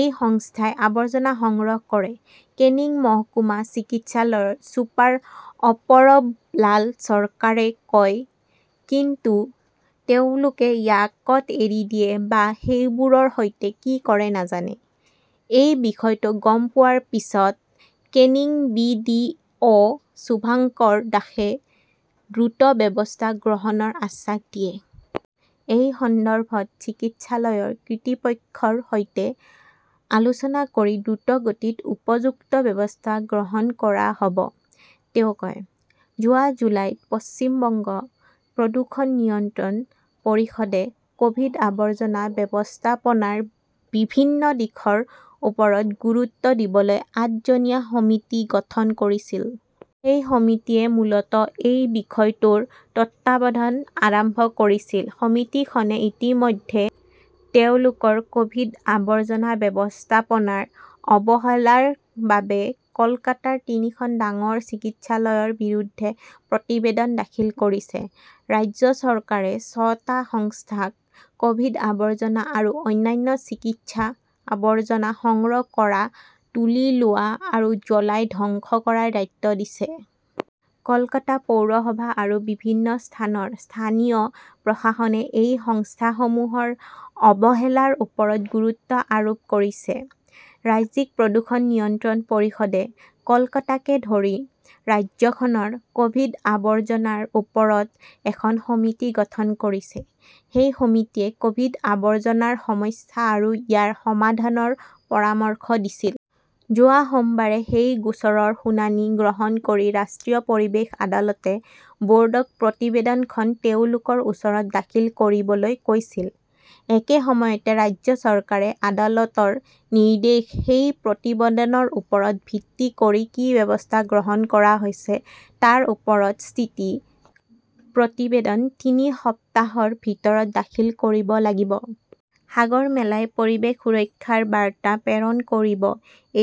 এটা সংস্থাই আৱৰ্জনা সংগ্ৰহ কৰে, কেনিং মহকুমা চিকিৎসালয়ৰ ছুপাৰ অপৰবলাল চৰকাৰে কয়। কিন্তু তেওঁলোকে ইয়াক কত এৰি দিয়ে বা সেইবোৰৰ সৈতে কি কৰে নাজানে। এই বিষয়টো গম পোৱাৰ পিছত Canning B. D. O. Shubhankar দাসে দ্ৰুত ব্যৱস্থা গ্ৰহণৰ আশ্বাস দিয়ে। এই সন্দৰ্ভত চিকিৎসালয়ৰ কৰ্তৃপক্ষৰ সৈতে আলোচনা কৰি দ্ৰুতগতিত উপযুক্ত ব্যৱস্থা গ্ৰহণ কৰা হব, তেওঁ কয়। যোৱা জুলাইত পশ্চিম বংগ প্ৰদূষণ নিয়ন্ত্ৰণ পৰিষদে ক'ভিড-আৱৰ্জনা ব্যৱস্থাপনাৰ বিভিন্ন দিশৰ ওপৰত গুৰুত্ব দিবলৈ আঠ জনীয়া সমিতি গঠন কৰিছিল। সেই সমিতিয়ে মূলতঃ এই বিষয়টোৰ তত্বাৱধান আৰম্ভ কৰিছিল। সমিতিখনে ইতিমধ্যে তেওঁলোকৰ কভিড-আৱৰ্জনা ব্যৱস্থাপনাৰ অৱহেলাৰ বাবে কলকাতাৰ তিনিখন ডাঙৰ চিকিৎসালয়ৰ বিৰুদ্ধে প্ৰতিবেদন দাখিল কৰিছে। ৰাজ্য চৰকাৰে ছয়টা সংস্থাক কভিড-আৱৰ্জনা আৰু অন্যান্য চিকিৎসা-আৱৰ্জনা সংগ্ৰহ কৰা, তুলি লোৱা আৰু জ্বলাই ধ্বংস কৰাৰ দায়িত্ব দিছে। কলকাতা পৌৰসভা আৰু বিভিন্ন স্থানৰ স্থানীয় প্ৰশাসনে এই সংস্থাসমূহৰ অৱহেলাৰ ওপৰত গুৰুত্ব আৰোপ কৰিছে। ৰাজ্যিক প্ৰদূষণ নিয়ন্ত্ৰণ পৰিষদে কলকাতাকে ধৰি ৰাজ্যখনৰ কভিড আৱৰ্জনাৰ ওপৰত এখন সমিতি গঠন কৰিছে। সেই সমিতিয়ে কভিড-আৱৰ্জনাৰ সমস্যা আৰু ইয়াৰ সমাধানৰ পৰামৰ্শ দিছিল। যোৱা সোমবাৰে সেই গোচৰৰ শুনানি গ্ৰহণ কৰি ৰাষ্ট্ৰীয় পৰিৱেশ আদালতে বোৰ্ডক প্ৰতিবেদনখন তেওঁলোকৰ ওচৰত দাখিল কৰিবলৈ কৈছিল। একে সময়তে, ৰাজ্য চৰকাৰে আদালতৰ নিৰ্দেশ, সেই প্ৰতিবেদনৰ ওপৰত ভিত্তি কৰি কি ব্যৱস্থা গ্ৰহণ কৰা হৈছে তাৰ ওপৰত 'স্থিতি প্ৰতিবেদন' তিনি সপ্তাহৰ ভিতৰত দাখিল কৰিব লাগিব। সাগৰমেলাই পৰিৱেশ সুৰক্ষাৰ বাৰ্তা প্ৰেৰণ কৰিব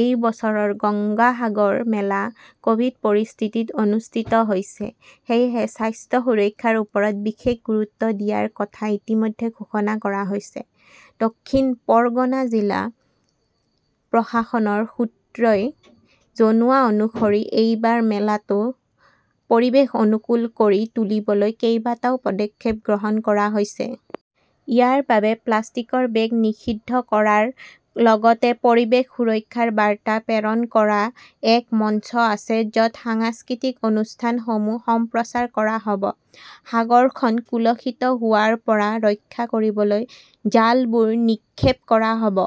এই বছৰৰ গংগা সাগৰ মেলা কভিড পৰিস্থিতিত অনুষ্ঠিত হৈছে। সেয়েহে স্বাস্থ্য-সুৰক্ষাৰ ওপৰত বিশেষ গুৰুত্ব দিয়াৰ কথা ইতিমধ্যে ঘোষণা কৰা হৈছে। দক্ষিণ পৰগনা জিলা প্ৰশাসনৰ সূত্ৰই জনোৱা অনুসৰি এইবাৰ মেলাটো পৰিৱেশ অনুকূল কৰি তুলিবলৈ কেইবাটাও পদক্ষেপ গ্ৰহণ কৰা হৈছে। ইয়াৰ বাবে প্লাষ্টিকৰ বেগ নিষিদ্ধ কৰাৰ লগতে পৰিৱেশ সুৰক্ষাৰ বাৰ্তা প্ৰেৰণ কৰা এক মঞ্চ আছে য 'ত সাংস্কৃতিক অনুষ্ঠানসমূহ সম্প্ৰচাৰ কৰা হ' ব। সাগৰখন কলুষিত হোৱাৰ পৰা ৰক্ষা কৰিবলৈ জালবোৰ নিক্ষেপ কৰা হ'ব।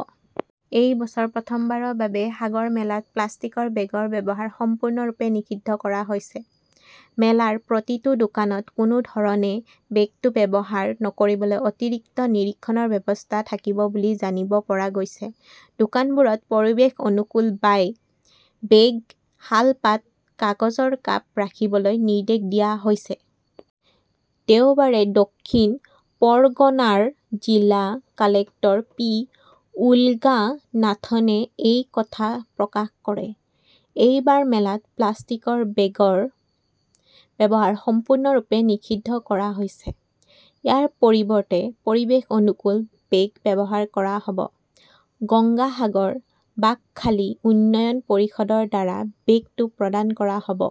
এই বছৰ প্ৰথমবাৰৰ বাবে সাগৰ মেলাত প্লাষ্টিকৰ বেগৰ ব্যৱহাৰ সম্পূৰ্ণৰূপে নিষিদ্ধ কৰা হৈছে। মেলাৰ প্ৰতিটো দোকানত কোনো ধৰণে বেগটো ব্যৱহাৰ নকৰিবলৈ অতিৰিক্ত নিৰীক্ষণৰ ব্যৱস্থা থাকিব বুলি জানিব পৰা গৈছে। দোকানবোৰত পৰিৱেশ-অনুকূল বায় বেগ, শালপাত, কাগজৰ কাপ ৰাখিবলৈ নিৰ্দেশ দিয়া হৈছে। দেওবাৰে দক্ষিণ পৰগনাৰ জিলা কালেক্টৰ পি. উলগানাথনে এই কথা প্ৰকাশ কৰে। এই বাৰ মেলাত প্লাষ্টিকৰ বেগৰ ব্যৱহাৰ সম্পূৰ্ণৰূপে নিষিদ্ধ কৰা হৈছে। ইয়াৰ পৰিৱৰ্তে পৰিৱেশ অনুকূল বেগ ব্যৱহাৰ কৰা হ'ব। গংগা সাগৰ-বাকখালী উন্নয়ন পৰিষদৰ দ্বাৰা বেগটো প্ৰদান কৰা হ 'ব।